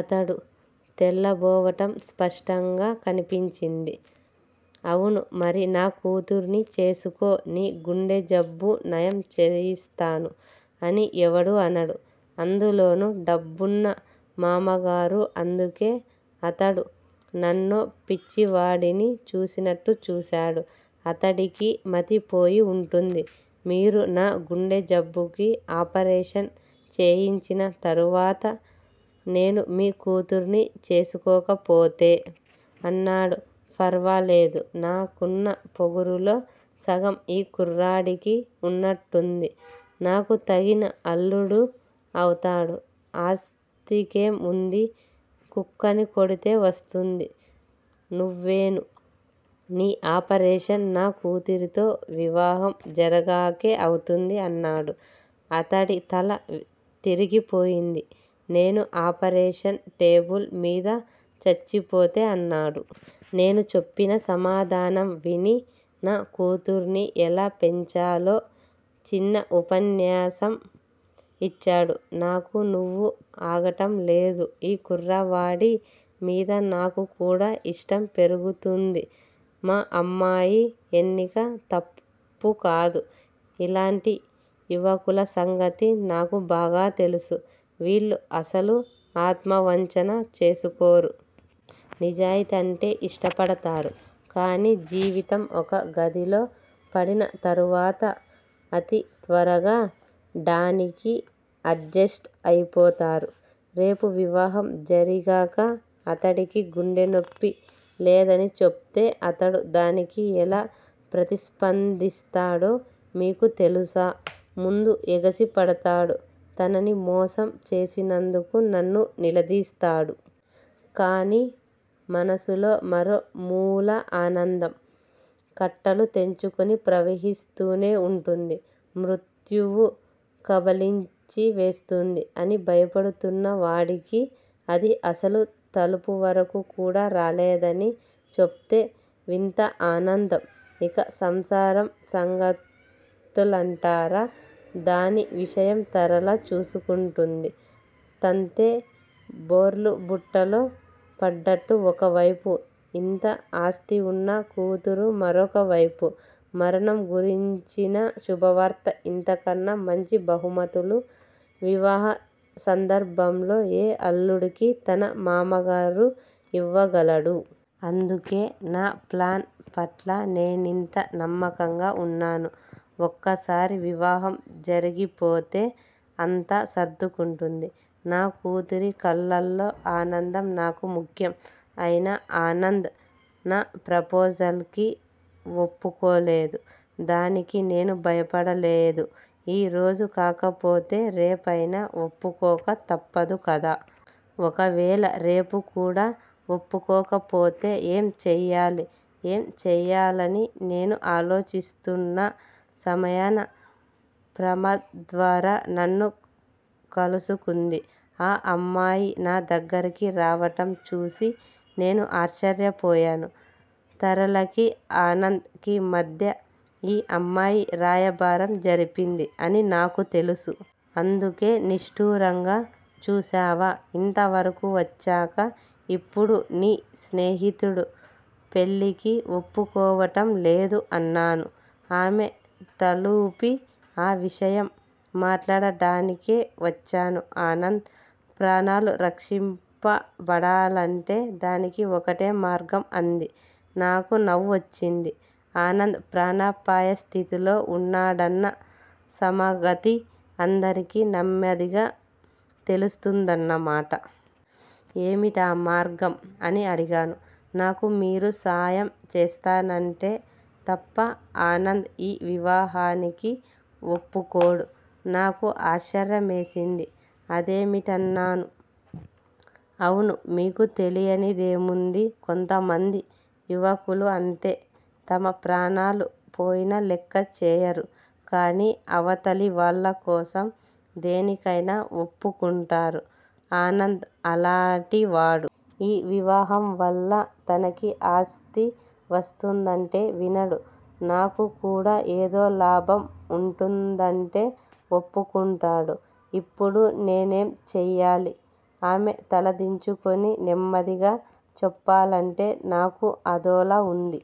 అతడు తెల్లబోవటం స్పష్టంగా కనిపించింది. అవును మరి నా కూతుర్ని చేసుకో నీ గుండెజబ్బు నయం చేయిస్తాను అని ఎవడూ అనడు. అందులోనూ డబ్బున్న మామగారు అందుకే అతడు నన్నో పిచ్చివాడిని చూసినట్టు చూశాడు. అతడికి మతిపోయి వుంటుంది. మీరు నా గుండెజబ్బుకి ఆపరేషన్ చేయించిన తరువాత నేను మీ కూతుర్ని చేసుకోకపోతే? అన్నాడు. ఫర్వాలేదు నాకున్న పొగరులో సగం ఈ కుర్రాడికి వునంట్టుంది. నాకు తగిన అల్లుడు అవుతాడు. ఆస్తికేం వుంది. కుక్కని కొడితే వస్తుంది. నవ్వేను. నీ ఆపరేషన్ నా కూతురితో వివాహం జరిగాకే అవుతుంది అన్నాడు. అతడి తల తిరిగిపోయింది. నేను ఆపరేషన్ టేబుల్ మీద చచ్చిపోతే అన్నాడు. నేను చెప్పిన సమాధానం విని- నా కూతుర్ని ఎలా పెంచాలో చిన్న ఉపన్యాసం ఇచ్చాడు. నాకు నవ్వు ఆగటంలేదు. ఈ కుర్రవాడి మీద నాకు కూడా ఇష్టం పెరుగుతూంది. మా అమ్మాయి ఎన్నిక తప్పుకాదు. ఇలాంటి యువకుల సంగతి నాకు బాగా తెలుసు. వీళ్ళు అసలు ఆత్మవంచన చేసుకోరు. నిజాయితీ అంటే ఇష్టపడతారు. కానీ జీవితం ఒక గదిలో పడిన తరువాత అతి త్వరగా డానికి అడ్జెస్ట్ అయిపోతారు. రేపు వివాహం జరిగాక అతడికి గుండె నొప్పి లేదని చెప్తే అతడు దానికి ఎలా ప్రతిస్పందిస్తాడో మీకు తెలుసా? ముందు ఎగిరిపడుతాడు. తనని మోసం చేసినందుకు నన్ను నిలదీస్తాడు. కానీ మనసులో మరో మూల ఆనందం కట్టలు తెంచుకుని ప్రవహిస్తూనే వుంటుంది. మృత్యువు కబళించివేస్తూంది అని భయపడుతూన్న వాడికి, అది అసలు తలుపు వరకూ కూడా రాలేదని చెప్తే వింత ఆనందం! ఇక సంసారం సంగతంటారా- దాని విషయం తరళ చూసుకుంటూంది. తంతే బోర్లు. బుట్టలో పడ్డట్టు ఒకవైపు ఇంత ఆస్థివున్న కూతురు మరొకవైపు మరణం గురించిన శుభవార్త ఇంతకన్నా మంచి బహుమతులు వివాహసందర్భంలో ఏ అల్లుడికి తన మామగారు ఇవ్వగలడు? అందుకే నా ప్లాన్ పట్ల నేనింత నమ్మకంగా వున్నాను. ఒక్కసారి వివాహం జరిగిపోతే అంతా సర్దుకుంటుంది. నా కూతురి కళ్ళల్లో ఆనందం నాకు ముఖ్యం. అయినా ఆనంద్ నా ప్రపోజల్ కి వప్పుకోలేదు. దానికి నేను భయపడలేదు. ఈ రోజు కాకపోతే రేపయినా వప్పుకోక తప్పదు కదా! ఒకవేళ రేపు కూడా వప్పుకోకపోతే ఏం చెయ్యాలి? ఏం చెయ్యాలని నేను ఆలోచిస్తున్న సమయాన ప్రమద్వర నన్ను కలుసుకుంది. ఆ అమ్మాయి నా దగ్గిరికి రావటం చూసి నేను ఆశ్చర్యపోయాను. తరళకి ఆనంద్ కి మధ్య ఈ అమ్మాయి రాయబారం జరిపింది అని నాకు తెలుసు. అందుకే నిష్టూరంగా చూశావా-ఇంతవరకూ వచ్చాక ఇప్పుడు నీ స్నేహితుడు పెళ్ళికి వప్పుకోవటం లేదు అన్నాను. ఆమె తలూపి, ఆ విషయం మాట్లాడటానికే వచ్చాను. ఆనంద్ ప్రాణాలు రక్షింపబడాలంటే దానికి ఒకటే మార్గం అంది. నాకు నవ్వొచ్చింది. ఆనంద్ ప్రాణాపాయస్థితిలో వున్నాడన్న సమగతి అందరికీ నెమ్మదిగా తెలిస్తూందన్నమాట. ఏమిటా మార్గం? అని అడిగాను. నాకు మీరు సాయం చేస్తానంటే తప్ప ఆనంద్ ఈ వివాహానికి వప్పుకోడు. నాకు ఆశ్చర్యమేసింది. అదేమిటి? అన్నాను. అవును మీకు తెలియనిదేముంది? కొంతమంది యువకులు అంతే. తమ ప్రాణాలు పోయినా లెక్కచేయరు. కానీ అవతలివాళ్ళ కోసం దేనికైనా వప్పుకుంటారు. ఆనంద్ అలాటివాడు. ఈ వివాహంవల్ల తనకి ఆస్తి వస్తుందంటే వినడు. నాకు కూడా ఏదో లాభం వుంటుందంటే వప్పుకుంటాడు. ఇప్పుడు నేనేం చెయ్యాలి? ఆమె తలదించుకుని నెమ్మదిగా, చెప్పాలంటే నాకూ అదోలా వుంది.